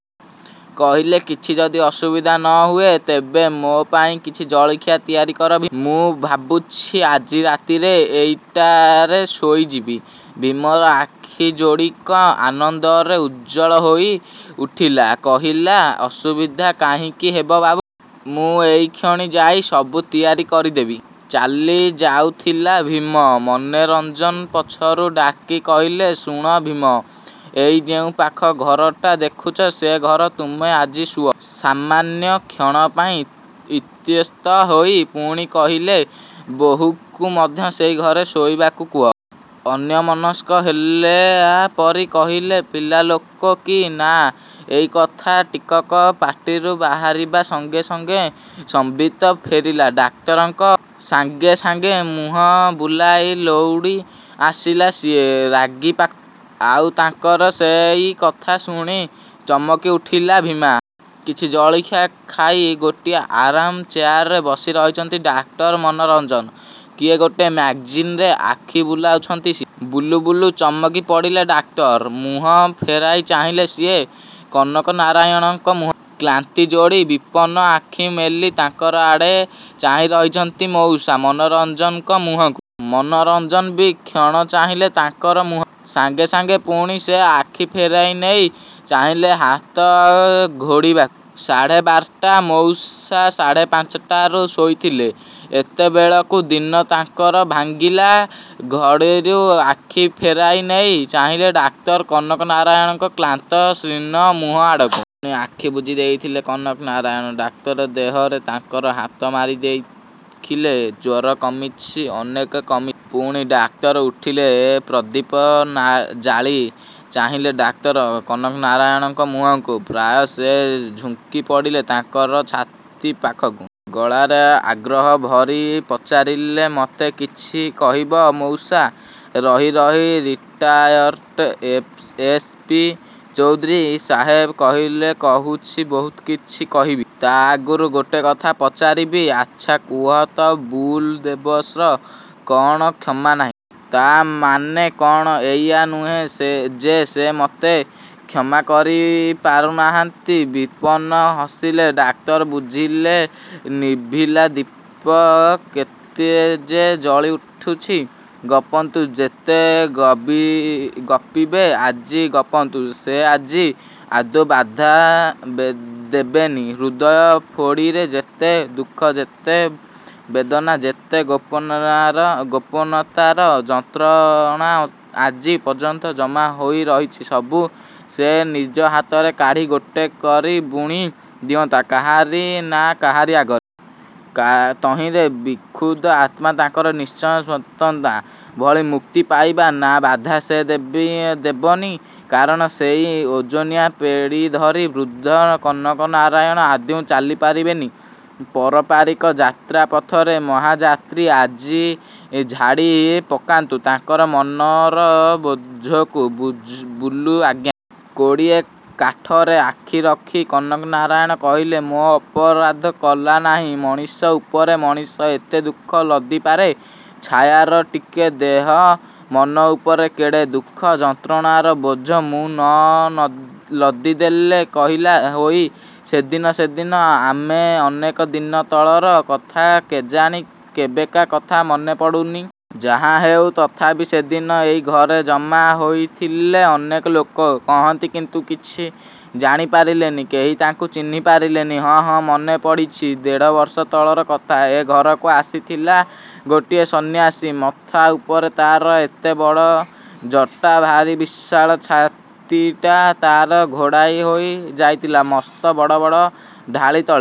କହିଲେ – କିଛି ଯଦି ଅସୁବିଧା ନ ହୁଏ ତେବେ ମୋ ପାଇଁ କିଛି ଜଳଖିଆ ତିଆରି କର ଭୀମ। ମୁଁ ଭାବୁଛି, ଆଜି ରାତିରେ ଏଇଠାରେ ଶୋଇଯିବି। ଭୀମର ଆଖି ଯୋଡ଼ିକ ଆନନ୍ଦରେ ଉଜ୍ଜ୍ୱଳ ହୋଇ ଉଠିଲା। କହିଲା, ଅସୁବିଧା କାହିଁକି ହେବ ବାବୁ। ମୁଁ ଏଇକ୍ଷଣି ଯାଇ ସବୁ ତିଆରି କରିଦେବି। ଚାଲି ଯାଉଥିଲା ଭୀମ, ମନୋରଞ୍ଜନ ପଛରୁ ଡାକି କହିଲେ ଶୁଣ ଭୀମ! ଏଇ ଯେଉଁ ପାଖ ଘରଟା ଦେଖୁଛି, ସେଇ ଘରେ ତୁମେ ଆଜି ଶୁଅ। ସାମାନ୍ୟ କ୍ଷଣ ପାଇଁ ଇତସ୍ତତଃ ହୋଇ ପୁଣି କହିଲେ ବୋହୂକୁ ମଧ୍ୟ ସେଇ ଘରେ ଶୋଇବାକୁ କୁହ। ଅନ୍ୟମନସ୍କ ହେଲେଆ ପରି କହିଲେ ପିଲାଲୋକ କି ନା। ଏଇ କଥା ଟିକକ ପାଟିରୁ ବାହାରିବା ସଙ୍ଗେ ସଙ୍ଗେ ସମ୍ବିତ ଫେରିଲା ଡାକ୍ତରଙ୍କର। ସାଙ୍ଗେ ସାଙ୍ଗେ ମୁହଁ ବୁଲାଇ ଲେଉଟି ଆସିଲେ ସିଏ ରୋଗୀ ପାଖକୁ। ଆଉ ତାଙ୍କର ସେଇ କଥା ଶୁଣି ଚମକି ଉଠିଲା ଭୀମ। କିଛି ଜଳିଖିଆ ଖାଇ ଗୋଟିଏ ଆରାମ ଚେୟାରରେ ବସି ରହିଛନ୍ତି ଡାକ୍ତର ମନୋରଞ୍ଜନ। କି ଗୋଟେ ମ୍ୟାଗାଜିନ୍‌ରେ ଆଖି ବୁଲାଉଛନ୍ତି ସିଏ। ବୁଲୁ ବୁଲୁ ଚମକି ପଡ଼ିଲେ ଡାକ୍ତର। ମୁହଁ ଫେରାଇ ଚାହିଁଲେ ସିଏ କନକନାରାୟଣଙ୍କ ମୁହଁକୁ। କ୍ଳାନ୍ତି ଯୋଡ଼ିଏ ବିପନ୍ନ ଆଖି ମେଲି ତାଙ୍କରି ଆଡ଼େ ଚାହିଁ ରହିଛନ୍ତି ମଉସା ମନୋରଞ୍ଜନଙ୍କ ମୁହଁକୁ। ମନୋରଞ୍ଜନ ବି କ୍ଷଣ ଚାହିଁଲେ ତାଙ୍କର ମୁହଁକୁ। ସାଙ୍ଗେ ସାଙ୍ଗେ ପୁଣି ସେ ଆଖି ଫେରାଇ ନେଇ ଚାହିଁଲେ ହାତ ଘଡ଼ିକୁ। ସାଢ଼େ ବାରଟା। ମଉସା ସାଢ଼େ ପାଞ୍ଚଟାରୁ ଶୋଇଥିଲେ। ଏତେବେଳକୁ ନିଦ ତାଙ୍କର ଭାଙ୍ଗିଲା। ଘଡ଼ିରୁ ଆଖି ଫେରାଇ ନେଇ ଚାହିଁଲେ ଡାକ୍ତର କନକନାରାୟଣଙ୍କର କ୍ଳାନ୍ତ ଶୀର୍ଣ୍ଣ ମୁହଁ ଆଡ଼କୁ। ଆଖି ବୁଜି ଦେଇଥିଲେ କନକନାରାୟଣ। ଡାକ୍ତର ଦେହରେ ତାଙ୍କର ହାତ ମାରି ଦେଖିଲେ ଜ୍ୱର କମିଛି, ଅନେକ କମିଛି। ପୁଣି ଡାକି ଉଠିଲେ କନକନାରାୟଣ ବୁଲୁ। ଆଖିରେ ମମତାର ପ୍ରଦୀପ ଜାଳି ଚାହିଁଲେ ଡାକ୍ତର କନକନାରାୟଣଙ୍କ ମୁହଁକୁ। ପ୍ରାୟ ସେ ଝୁଙ୍କି ପଡ଼ିଲେ ତାଙ୍କର ଛାତି ପାଖକୁ। ଗଳାରେ ଆଗ୍ରହ ଭରି ପଚାରିଲେ ମତେ କିଛି କହିବ ମଉସା? ରହି ରହି retired S S. P. Chowdhury ସାହେବ କହିଲେ କହିବି, ବହୁତ କିଛି କହିବି। ତା' ଆଗରୁ ଗୋଟେ କଥା ପଚାରିବି। ଆଚ୍ଛା, କୁହ ତ ବୁଲୁ, ଦୋଷର କ'ଣ କ୍ଷମା ନାହିଁ? ତା' ମାନେ କ'ଣ ଏଇଆ ନୁହେଁ ସେ ଯେ ସେ ମତେ କ୍ଷମା କରି ପାରୁନାହାନ୍ତି। ବିପନ୍ନ ହସିଲେ ଡାକ୍ତର ବୁଝିଲେ ନିଭିଲା ଦୀପ ତେଜି ହୋଇ ଜଳି ଉଠିଛି। ଗପନ୍ତୁ, ଯେତେ ଗପିବେ ଆଜି ଗପନ୍ତୁ। ସେ ଆଜି ଆଦୌ ବାଧା ଦେବେନି। ହୃଦୟ ପେଡ଼ିରେ ଯେତେ ଦୁଃଖ, ଯେତେ ବେଦନା, ଯେତେ ଗୋପନତାର ଯନ୍ତ୍ରଣା ଆଜି ପର୍ଯ୍ୟନ୍ତ ଜମା ହୋଇ ରହିଛି, ସବୁ ସେ ନିଜ ହାତରେ କାଢ଼ି ଗୋଟି ଗୋଟି କରି ବୁଣି ଦିଅନ୍ତି କାହାରି ନା କାହାରି ଆଗରେ। କା ତହିଁରେ ବିକ୍ଷୁବ୍ଧ ଆତ୍ମା ତାଙ୍କର ନିଶ୍ଚୟ ସାନ୍ତ୍ୱନା ଲଭି ମୁକ୍ତି ପାଇବ। ନା ବାଧା ସେ ଦେବନି। କାରଣ ସେଇ ଓଜନିଆ ପେଡ଼ି ଧରି ବୃଦ୍ଧ କନକନାରାୟଣ ଆଦୌ ଚାଲି ପାରିବେନି ପରପାରିର ଯାତ୍ରାପଥରେ। ମହାଯାତ୍ରୀ ଆଜି ଝାଡ଼ି ପକାନ୍ତୁ ତାଙ୍କର ମନର ବୋଝକୁ। ବୁଲୁ ଆଜ୍ଞା। କୋଡ଼ିଏ କାଠରେ ଆଖି ରଖି କନକନାରାୟଣ କହିଲେ ମୋ ଅପରାଧର କଳନା ନାହିଁ। ମଣିଷ ଉପରେ ମଣିଷ ଏତେ ଦୁଃଖ ଲଦି ପାରେ? ଛାୟାର ଟିକି ଦେହ ମନ ଉପରେ କେଡ଼େ ଦୁଃଖ ଯନ୍ତ୍ରଣାର ବୋଝ ମୁଁ ନ ଲଦି ଦେଲି କହିଲ। ହେଇ, ସେଦିନ ସେଦିନ ମାନେ ଅନେକ ଦିନ ତଳର କଥା, କେଜାଣି କେବେକା କଥା ମନେ ପଡ଼ୁନି। ଯାହାହେଉ ତଥାପି ସେଦିନ ଏଇ ଘରେ ଜମା ହୋଇଥିଲେ ଅନେକ ଲୋକ। କହନ୍ତି କିନ୍ତୁ କିଛି ଜାଣି ପାରିଲେନି। କେହି ତାକୁ ଚିହ୍ନି ପାରିଲେନି। ହଁ, ହଁ, ମନେ ପଡ଼ିଛି। ଦେଢ଼ ବର୍ଷ ତଳର କଥା। ଏ ଘରକୁ ଆସିଥିଲା ଗୋଟିଏ ସନ୍ନ୍ୟାସୀ। ମଥା ଉପରେ ତା'ର ଏତେ ବଡ଼ ଜଟା ଭାର, ବିଶାଳ ଛାତିଟା ତା'ର ଘୋଡ଼ାଇ ହୋଇ ଯାଇଥିଲା ମସ୍ତ ବଡ଼ ବଡ଼ ଦାଢ଼ି ତଳେ।